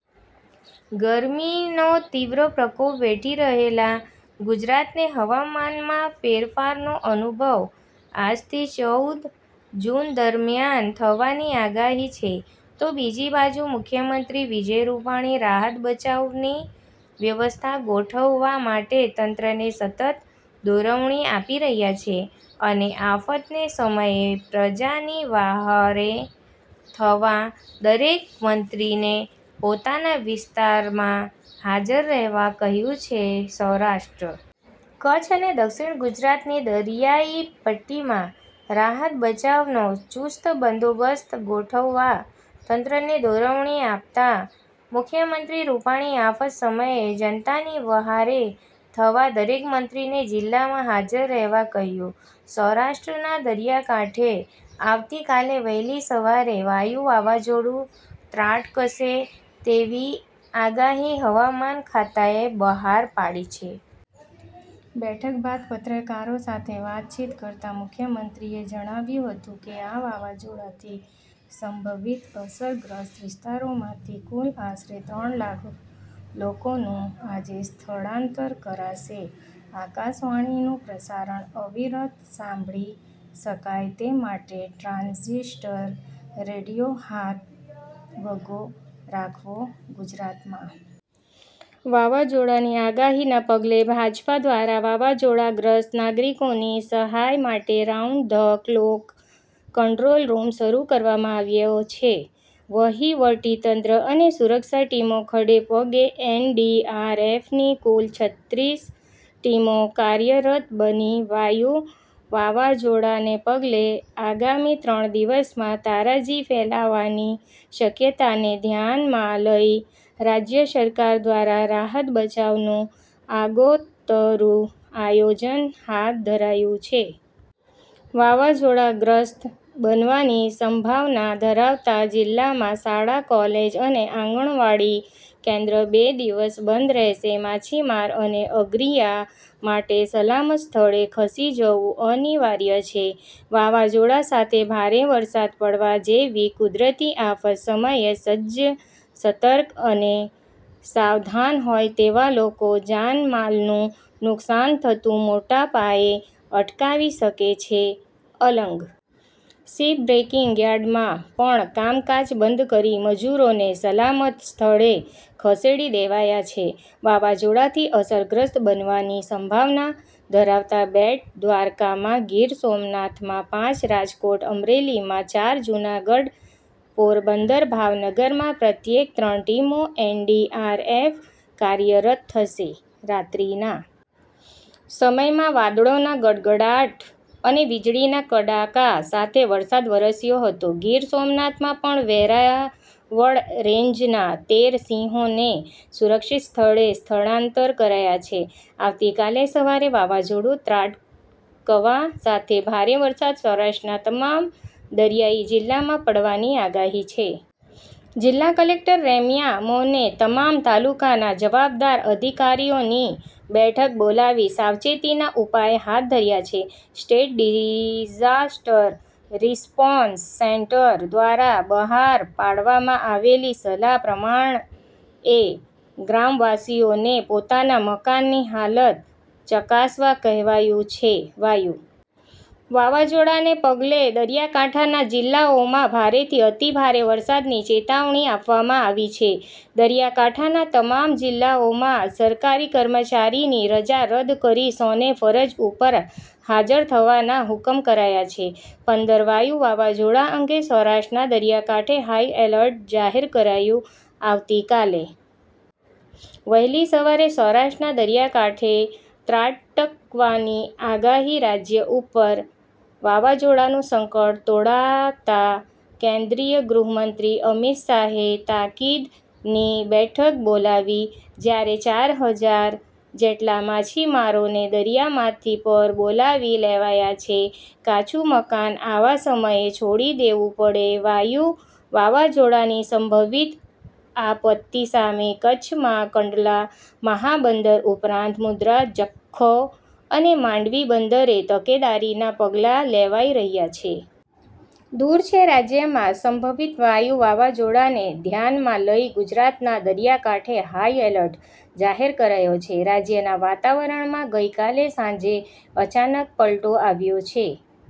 ગરમીનો તિવ્ર પ્રકોપ વેઠી રહેલા ગુજરાતને હવામાનમાં ફેરફારનો અનુભવ આજથી ચૌદ જુન દરમ્યાન થવાની આગાહી છે. તો બીજી બાજુ મુખ્યમંત્રી વિજય રૂપાણી રાહત બચાવની વ્યવસ્થા ગોઠવવા માટે તંત્રને સતત દોરવણી આપી રહ્યા છે અને આફતને સમયે પ્રજાની વહારે થવા દરેક મંત્રીને પોતાના વિસ્તારમાં હાજર રહેવા કહ્યું છે .સૌરાષ્ટ્ર કચ્છ અને દક્ષિણ ગુજરાતની દરિયાઈ પટ્ટીમાં રાહત બચાવનો ચુસ્ત બંદોબસ્ત ગોઠવવા તંત્રને દોરવણી આપતા મુખ્યમંત્રી રૂપાણી આફત સમયે જનતાની વહારે થવા દરેક મંત્રીને જિલ્લામાં હાજર રહેવા કહ્યું. સૌરાષ્ટ્રના દરિયાકાંઠે આવતીકાલે વહેલી સવારે વાયુ વાવાઝોડુ ત્રાટકશે તેવી આગાહી હવામાન ખાતાએ બહાર પાડી છે. બેઠકબાદ પત્રકારો સાથે વાતચીત કરતા મુખ્યમંત્રીએ જણાવ્યું હતું કે આ વાવાઝોડાથી સંભવિત અસરગ્રસ્ત વિસ્તારોમાંથી કુલ આશરે ત્રણ લાખ લોકોનું આજે સ્થળાંતર કરાશે .આકાશવાણીનું પ્રસારણ અવિરત સાંભળી શકાય તે માટે ટ્રાન્ઝીસ્ટર રેડિયો હાથવગો રાખવો .ગુજરાતમાં વાવાઝોડાની આગાહીના પગલે ભાજપા દ્વારા વાવાઝોડાગ્રસ્ત નાગરિકોની સહાય માટે રાઉન્ડ ધ ક્લોક કંટ્રોલરૂમ શરૂ કરવામાં આવ્યો છે વહીવટીતંત્ર અને સુરક્ષા ટીમો ખડે પગે એનડીઆરએફની કુલ છત્રીસ ટીમો કાર્યરત બની વાયુ વાવાઝોડાને પગલે આગામી ત્રણ દિવસમાં તારાજી ફેલાવાની શક્યતાને ધ્યાનમાં લઈ રાજ્યસરકાર દ્વારા રાહત બચાવનું આગોતરૂ આયોજન હાથ ધરાયું છે. વાવાઝોડાગ્રસ્ત બનવાની સંભાવના ધરાવતા જિલ્લામાં શાળા, કોલેજ અને આંગણવાડી કેન્દ્ર બે દિવસ બંધ રહેશે માછીમાર અને અગરિયા માટે સલામત સ્થળે ખસી જવું અનિવાર્ય છે. વાવાઝોડા સાથે ભારે વરસાદ પડવા જેવી કુદરતી આફત સમયે સજ્જ સતર્ક અને સાવધાન હોય તેવા લોકો જાનમાલનું નુકશાન થતું મોટાપાયે અટકાવી શકે છે .અલંગ શીપ બ્રેકીંગ યાર્ડમાં પણ કામકાજ બંધ કરી મજૂરોને સલામત સ્થળે ખસેડી દેવાયા છે. વાવાઝોડાથી અસરગ્રસ્ત બનવાની સંભાવના ધરાવતા બેટ દ્વારકામાં ગીર સોમનાથમાં પાંચ રાજકોટ અમરેલીમાં ચાર જૂનાગઢ પોરબંદર ભાવનગરમાં પ્રત્યેક ત્રણ ટીમો એનડીઆરએફ કાર્યરત થશે .રાત્રીના સમયમાં વાદળોના ગડગડાટ અને વીજળીના કડાકા સાથે વરસાદ વરસ્યો હતો ગીર સોમનાથમાં પણ વેરાવળ રેન્જના તેર સિંહોને સુરક્ષિત સ્થળે સ્થળાંતર કરાયા છે. આવતીકાલે સવારે વાવાઝોડું ત્રાટકવા સાથે ભારે વરસાદ સૌરાષ્ટ્રના તમામ દરિયાઇ જિલ્લામાં પડવાની આગાહી છે. જિલ્લા કલેક્ટર રેમ્યા મોહને તમામ તાલુકાના જવાબદાર અધિકારીઓની બેઠક બોલાવી સાવચેતીના ઉપાય હાથ ધર્યા છે .સ્ટેટ ડિઝાસ્ટર રિસ્પોન્સ સેન્ટર દ્વારા બહાર પાડવામાં આવેલી સલાહ પ્રમાણએ ગ્રામવાસીઓને પોતાના મકાનની હાલત ચકાસવા કહેવાયું છે .વાયુ વાવાઝોડાને પગલે દરિયાકાંઠાના જિલ્લાઓમાં ભારેથી અતિભારે વરસાદની ચેતવણી આપવામાં આવી છે દરિયાકાંઠાના તમામ જિલ્લાઓમાં સરકારી કર્મચારીની રજા રદ કરી સૌને ફરજ ઉપર હાજર થવાના હુકમ કરાયા છે .પંદર વાયું વાવાઝોડા અંગે સૌરાષ્ટ્રના દરિયાકાંઠે હાઈ એલર્ટ જાહેર કરાયું .આવતીકાલે વહેલી સવારે સૌરાષ્ટ્રના દરિયાકાંઠે ત્રાટકવાની આગાહી રાજ્ય ઉપર વાવાઝોડાંનું સંકટ તોળાતા કેન્દ્રીય ગૃહમંત્રી અમિતશાહે તાકીદની બેઠક બોલાવી .જ્યારે ચાર હજાર જેટલા માછીમારોને દરિયામાંથી પર બોલાવી લેવાયા છે કાચું મકાન આવા સમયે છોડી દેવું પડે વાયુ વાવાઝોડાની સંભવિત આપત્તિ સામે કચ્છમાં કંડલા મહાબંદર ઉપરાંત મુંદ્રા જખૌ અને માંડવી બંદરે તકેદારીના પગલા લેવાઈ રહ્યા છે. દૂર છે રાજ્યમાં સંભવિત વાયું વાવાઝોડાને ધ્યાનમાં લઈ ગુજરાતના દરિયાકાંઠે હાઈ એલર્ટ જાહેર કરાયો છે. રાજ્યના વાતાવરણમાં ગઇકાલે સાંજે અચાનક પલટો આવ્યો છે.